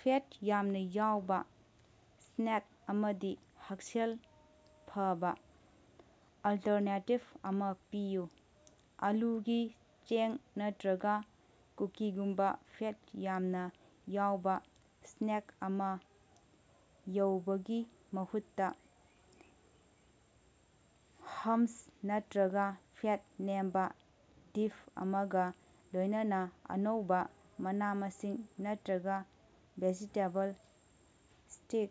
Fat ꯌꯥꯝꯅꯥ ꯌꯥꯎꯕꯥ snake ꯑꯃꯒꯤ ꯍꯛꯁꯦꯜ ꯐꯕꯥ ꯑꯜꯇꯔꯅꯦꯇꯤꯚ ꯑꯃꯥ ꯄꯤꯌꯨ꯫ ꯑꯥꯂꯨꯒꯤ ꯆꯦꯡ ꯅꯠꯇ꯭ꯔꯒꯥ ꯀꯨꯀꯤꯒꯨꯝꯕꯥ ꯐꯦꯠ ꯌꯥꯝꯅꯥ ꯌꯥꯎꯕꯥ ꯁ꯭ꯅꯦꯛ ꯑꯃꯥ ꯌꯧꯕꯒꯤ ꯃꯍꯨꯠꯇꯥ, ꯍꯝꯁ ꯅꯠꯇ꯭ꯔꯒꯥ ꯐꯦꯠ ꯅꯦꯝꯕꯥ ꯗꯤꯞ ꯑꯃꯒꯥ ꯂꯣꯏꯅꯅꯥ ꯑꯅꯧꯕꯥ ꯃꯅꯥ-ꯃꯁꯤꯡ ꯅꯠꯇ꯭ꯔꯒꯥ ꯚꯦꯖꯤꯇꯦꯕꯜ ꯁ꯭ꯇꯤꯛ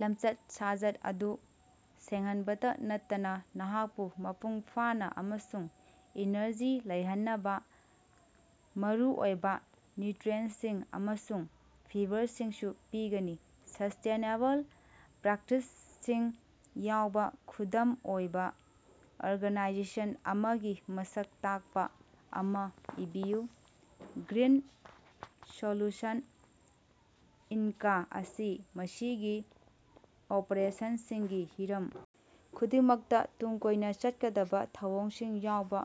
ꯂꯝꯆꯠ-ꯁꯥꯖꯠ ꯑꯗꯨ ꯁꯦꯡꯍꯟꯕꯇꯥ ꯅꯠꯇꯅꯥ ꯅꯍꯥꯛꯄꯨ ꯃꯄꯨꯡ ꯐꯥꯅꯥ ꯑꯃꯁꯨꯡ ꯏꯅꯔꯖꯤ ꯂꯩꯍꯟꯅꯕꯥ ꯃꯔꯨꯑꯣꯏꯕꯥ ꯅ꯭ꯌꯨꯇ꯭ꯔꯤꯑꯦꯟꯇꯁꯤꯡ ꯑꯃꯁꯨꯡ ꯐꯤꯕꯔꯁꯤꯡꯁꯨ ꯄꯤꯒꯅꯤ꯫ ꯁꯁ꯭ꯇꯦꯅꯦꯕꯜ ꯄ꯭ꯔꯦꯛꯇꯤꯁꯁꯤꯡ ꯌꯥꯎꯕꯥ ꯈꯨꯗꯝ ꯑꯣꯏꯕꯥ ꯑꯣꯔꯒꯥꯅꯥꯏꯖꯦꯁꯟ ꯑꯃꯒꯤ ꯃꯁꯛ ꯇꯥꯛꯄꯥ ꯑꯃꯥ ꯏꯕꯤꯌꯨ꯫ ꯒ꯭ꯔꯤꯟ ꯁꯣꯂꯨꯁꯟ ꯏꯟꯀ ꯑꯁꯤ ꯃꯁꯤꯒꯤ ꯑꯣꯄꯔꯦꯁꯟꯁꯤꯡꯒꯤ ꯍꯤꯔꯝ ꯈꯨꯗꯤꯡꯃꯛꯇꯥ ꯇꯨꯡ ꯀꯣꯏꯅꯥ ꯆꯠꯀꯗꯕꯥ ꯊꯧꯑꯣꯡꯁꯤꯡ ꯌꯥꯎꯕꯥ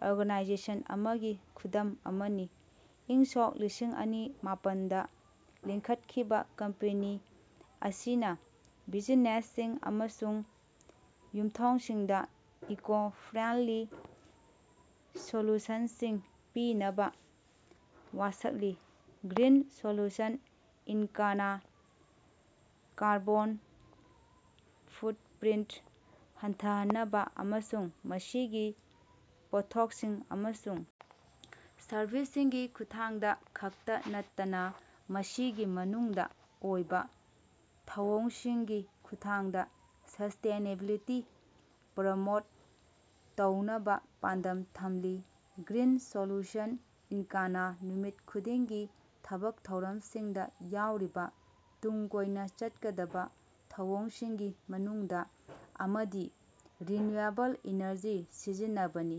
ꯑꯣꯔꯒꯅꯥꯏꯖꯦꯁꯟ ꯑꯃꯒꯤ ꯈꯨꯗꯝ ꯑꯃꯅꯤ꯫ꯏꯪ ꯁꯣꯛ ꯂꯤꯁꯤꯡꯑꯅꯤ ꯃꯥꯄꯟꯗꯥ ꯂꯤꯡꯈꯠꯈꯤꯕꯥ ꯀꯝꯄꯦꯅꯤ ꯑꯁꯤꯅꯥ ꯕꯤꯖꯤꯅꯦꯁꯁꯤꯡ ꯑꯃꯁꯨꯡ ꯌꯨꯝꯊꯣꯡꯁꯤꯡꯗꯥ ꯏꯀꯣ-ꯐ꯭ꯔꯦꯟꯗꯂꯤ ꯁꯣꯂꯨꯁꯟꯁꯤꯡ ꯄꯤꯅꯕꯥ ꯋꯥꯁꯛꯂꯤ꯫ ꯒ꯭ꯔꯤꯟ ꯁꯣꯂꯨꯁꯟ ꯏꯟꯀꯅꯥ ꯀꯥꯔꯕꯣꯟ ꯐꯨꯠꯄ꯭ꯔꯤꯟ ꯍꯟꯊꯍꯟꯅꯕꯥ ꯑꯃꯁꯨꯡ ꯃꯁꯤꯒꯤ ꯄꯣꯠꯊꯣꯛꯁꯤꯡ ꯑꯃꯁꯨꯡ ꯁꯔꯕꯤꯁꯁꯤꯡꯒꯤ ꯈꯨꯠꯊꯥꯡꯗꯥ ꯈꯛꯇꯥ ꯅꯠꯇꯅꯥ ꯃꯁꯤꯒꯤ ꯃꯅꯨꯡꯒꯤ ꯑꯣꯏꯕꯥ ꯊꯧꯑꯣꯡꯁꯤꯡꯒꯤ ꯈꯨꯠꯊꯥꯡꯗꯥ ꯁꯁ꯭ꯇꯦꯅꯦꯕꯤꯂꯤꯇꯤ ꯄ꯭ꯔꯃꯣꯠ ꯇꯧꯅꯕꯥ ꯄꯥꯟꯗꯝ ꯊꯝꯂꯤ꯫ ꯒ꯭ꯔꯤꯟ ꯁꯣꯂꯨꯁꯟ ꯏꯟꯀꯅꯥ ꯅꯨꯃꯤꯠ ꯈꯨꯗꯤꯡꯒꯤ ꯊꯕꯛ ꯊꯧꯔꯝꯁꯤꯡꯗꯥ ꯌꯥꯎꯔꯤꯕꯥ ꯇꯨꯡ ꯀꯣꯏꯅꯥ ꯆꯠꯀꯗꯕꯥ ꯊꯧꯑꯣꯡꯁꯤꯡꯒꯤ ꯃꯅꯨꯡꯗꯥ ꯑꯃꯗꯤ ꯔꯤꯅ꯭ꯌꯨꯑꯦꯕꯜ ꯏꯅꯔꯖꯤ ꯁꯤꯖꯤꯟꯅꯕꯅꯤ꯫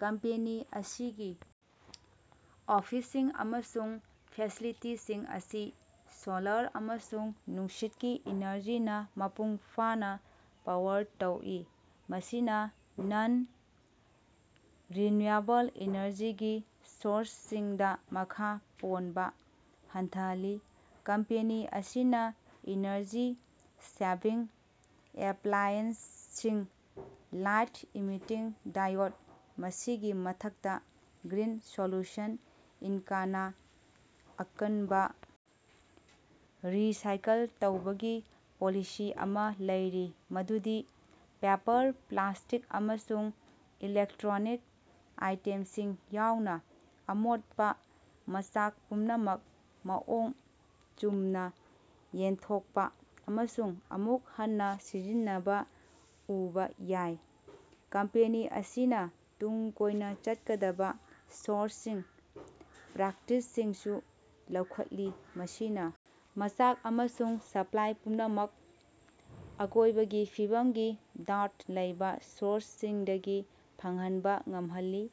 ꯀꯝꯄꯦꯅꯤ ꯑꯁꯤꯒꯤ ꯑꯣꯐꯤꯁꯁꯤꯡ ꯑꯃꯁꯨꯡ ꯐꯦꯁꯤꯂꯤꯇꯤꯁꯤꯡ ꯑꯁꯤ ꯁꯣꯂꯔ ꯑꯃꯁꯨꯡ ꯅꯨꯡꯁꯤꯠꯀꯤ ꯏꯅꯔꯖꯤꯅꯥ ꯃꯄꯨꯡ ꯐꯥꯅꯥ ꯄꯥꯋꯔ ꯇꯧꯏ, ꯃꯁꯤꯅꯥ ꯅꯟ-ꯔꯤꯅ꯭ꯌꯨꯑꯦꯕꯜ ꯏꯅꯔꯖꯤꯒꯤ ꯁꯣꯔꯁꯁꯤꯡꯗꯥ ꯃꯈꯥ ꯄꯣꯟꯕꯥ ꯍꯟꯊꯍꯜꯂꯤ꯫ ꯀꯝꯄꯦꯅꯤ ꯑꯁꯤꯅꯥ ꯏꯅꯔꯖꯤ ꯁꯦꯚꯤꯡ ꯑꯦꯄ꯭ꯂꯥꯏꯑꯦꯟꯁꯁꯤꯡ, ꯂꯥꯏꯠ ꯏꯃꯤꯠꯇꯤꯡ ꯗꯥꯏꯑꯣꯠ ꯃꯁꯤꯒꯤ ꯃꯊꯛꯇꯥ, ꯒ꯭ꯔꯤꯟ ꯁꯣꯂꯨꯁꯟ ꯏꯟꯀꯅꯥ ꯑꯀꯟꯕꯥ ꯔꯤꯁꯥꯏꯀꯜ ꯇꯧꯕꯒꯤ ꯄꯣꯂꯤꯁꯤ ꯑꯃꯥ ꯂꯩꯔꯤ ꯃꯗꯨꯗꯤ ꯄꯦꯄꯔ, ꯄ꯭ꯂꯥꯁꯇꯤꯛ ꯑꯃꯁꯨꯡ ꯏꯂꯦꯛꯇ꯭ꯔꯣꯅꯤꯛ ꯑꯥꯏꯇꯦꯝꯁꯤꯡ ꯌꯥꯎꯅꯥ ꯑꯃꯣꯠꯄꯥ ꯃꯆꯥꯛ ꯄꯨꯝꯅꯃꯛ ꯃꯑꯣꯡ ꯆꯨꯝꯅꯥ ꯌꯦꯟꯊꯣꯛꯄꯥ ꯑꯃꯁꯨꯡ ꯑꯃꯨꯛ ꯍꯟꯅꯥ ꯁꯤꯖꯤꯟꯅꯕꯥ ꯎꯕꯥ ꯌꯥꯏ꯫ ꯀꯝꯄꯦꯅꯤ ꯑꯁꯤꯅꯥ ꯇꯨꯡ ꯀꯣꯏꯅꯥ ꯆꯠꯀꯗꯕꯥ ꯁꯣꯔꯁꯁꯤꯡ ꯄ꯭ꯔꯦꯛꯇꯤꯁꯁꯤꯡꯁꯨ ꯂꯧꯈꯠꯂꯤ, ꯃꯁꯤꯅꯥ ꯃꯆꯥꯛ ꯑꯃꯁꯨꯡ ꯁꯄ꯭ꯂꯥꯏ ꯄꯨꯝꯅꯃꯛ ꯑꯀꯣꯏꯕꯒꯤ ꯐꯤꯕꯝꯒꯤ ꯗꯥꯎꯠ ꯂꯩꯕꯥ ꯁꯣꯔꯁꯁꯤꯡꯗꯒꯤ ꯐꯪꯍꯟꯕꯥ ꯉꯝꯍꯜꯂꯤ꯫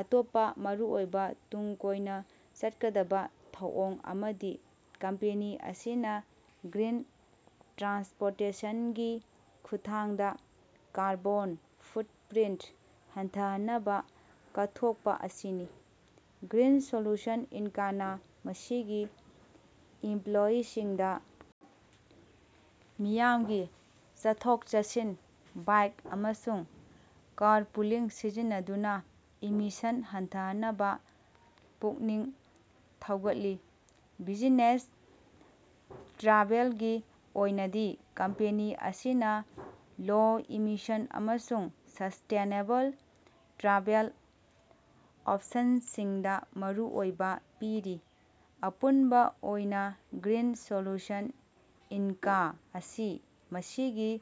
ꯑꯇꯣꯞꯄꯥ ꯃꯔꯨꯑꯣꯏꯕꯥ ꯇꯨꯡ ꯀꯣꯏꯅꯥ ꯆꯠꯀꯗꯕꯥ ꯊꯧꯑꯣꯡ ꯑꯃꯗꯤ ꯀꯝꯄꯦꯅꯤ ꯑꯁꯤꯅꯥ ꯒ꯭ꯔꯤꯟ ꯇ꯭ꯔꯥꯟꯁꯄꯣꯔꯇꯦꯁꯟꯒꯤ ꯈꯨꯠꯊꯥꯡꯗꯥ ꯀꯥꯔꯕꯣꯟ ꯐꯨꯠꯄ꯭ꯔꯤꯟ ꯍꯟꯊꯍꯟꯅꯕꯥ ꯀꯠꯊꯣꯛꯄꯥ ꯑꯁꯤꯅꯤ꯫ ꯒ꯭ꯔꯤꯟ ꯁꯣꯂꯨꯁꯟ ꯏꯟꯀꯅꯥ ꯃꯁꯤꯒꯤ ꯏꯝꯄ꯭ꯂꯣꯌꯤꯁꯤꯡꯗꯥ ꯃꯤꯌꯥꯝꯒꯤ ꯆꯠꯊꯣꯛ-ꯆꯠꯁꯤꯟ, ꯕꯥꯏꯛ ꯑꯃꯁꯨꯡ ꯀꯥꯔꯄꯨꯂꯤꯡ ꯁꯤꯖꯤꯟꯅꯗꯨꯅꯥ ꯏꯃꯤꯁꯟ ꯍꯟꯊꯍꯟꯅꯕꯥ ꯄꯨꯛꯅꯤꯡ ꯊꯧꯒꯠꯂꯤ꯫ ꯕꯤꯖꯤꯅꯦꯁ ꯇ꯭ꯔꯥꯚꯦꯜꯒꯤ ꯑꯣꯏꯅꯗꯤ ꯀꯝꯄꯦꯅꯤ ꯑꯁꯤꯅꯥ ꯂꯣ-ꯏꯃꯤꯁꯟ ꯑꯃꯁꯨꯡ ꯁꯁ꯭ꯇꯦꯅꯦꯕꯜ ꯇ꯭ꯔꯥꯚꯦꯜ ꯑꯣꯞꯁꯟꯁꯤꯡꯗꯥ ꯃꯔꯨ ꯑꯣꯏꯕꯥ ꯄꯤꯔꯤ꯫ ꯑꯄꯨꯟꯕꯥ ꯑꯣꯏꯅꯥ, ꯒ꯭ꯔꯤꯟ ꯁꯣꯂꯨꯁꯟ ꯏꯟꯀ ꯑꯁꯤ ꯃꯁꯤꯒꯤ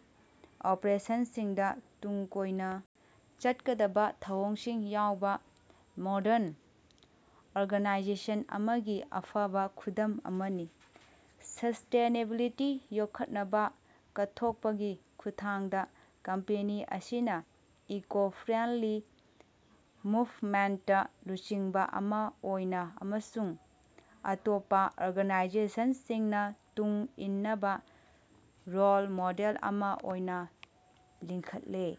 ꯑꯣꯄꯔꯦꯁꯟꯁꯤꯡꯗꯥ ꯇꯨꯡ ꯀꯣꯏꯅꯥ ꯆꯠꯀꯗꯕꯥ ꯊꯧꯑꯣꯡꯁꯤꯡ ꯌꯥꯎꯕꯥ ꯃꯣꯔꯗꯟ ꯑꯣꯔꯒꯅꯥꯏꯖꯦꯁꯟ ꯑꯃꯒꯤ ꯑꯐꯕꯥ ꯈꯨꯗꯝ ꯑꯃꯅꯤ꯫ ꯁꯁ꯭ꯇꯦꯅꯦꯕꯤꯂꯤꯇꯤ ꯌꯣꯛꯈꯠꯅꯕꯥ ꯀꯠꯊꯣꯛꯄꯒꯤ ꯈꯨꯠꯊꯥꯡꯗꯥ ꯀꯝꯄꯦꯅꯤ ꯑꯁꯤꯅꯥ ꯏꯀꯣ-ꯐ꯭ꯔꯦꯟꯗꯂꯤ ꯃꯨꯕꯃꯦꯟꯇꯇꯥ ꯂꯨꯆꯤꯡꯕꯥ ꯑꯃꯥ ꯑꯣꯏꯅꯥ ꯑꯃꯁꯨꯡ ꯑꯇꯣꯞꯄꯥ ꯑꯣꯔꯒꯅꯥꯏꯖꯦꯁꯅꯁꯤꯡꯅꯥ ꯇꯨꯡ ꯏꯟꯅꯕꯥ ꯔꯣꯜ ꯃꯣꯗꯦꯜ ꯑꯃꯥ ꯑꯣꯏꯅꯥ ꯂꯤꯡꯈꯠꯂꯦ꯫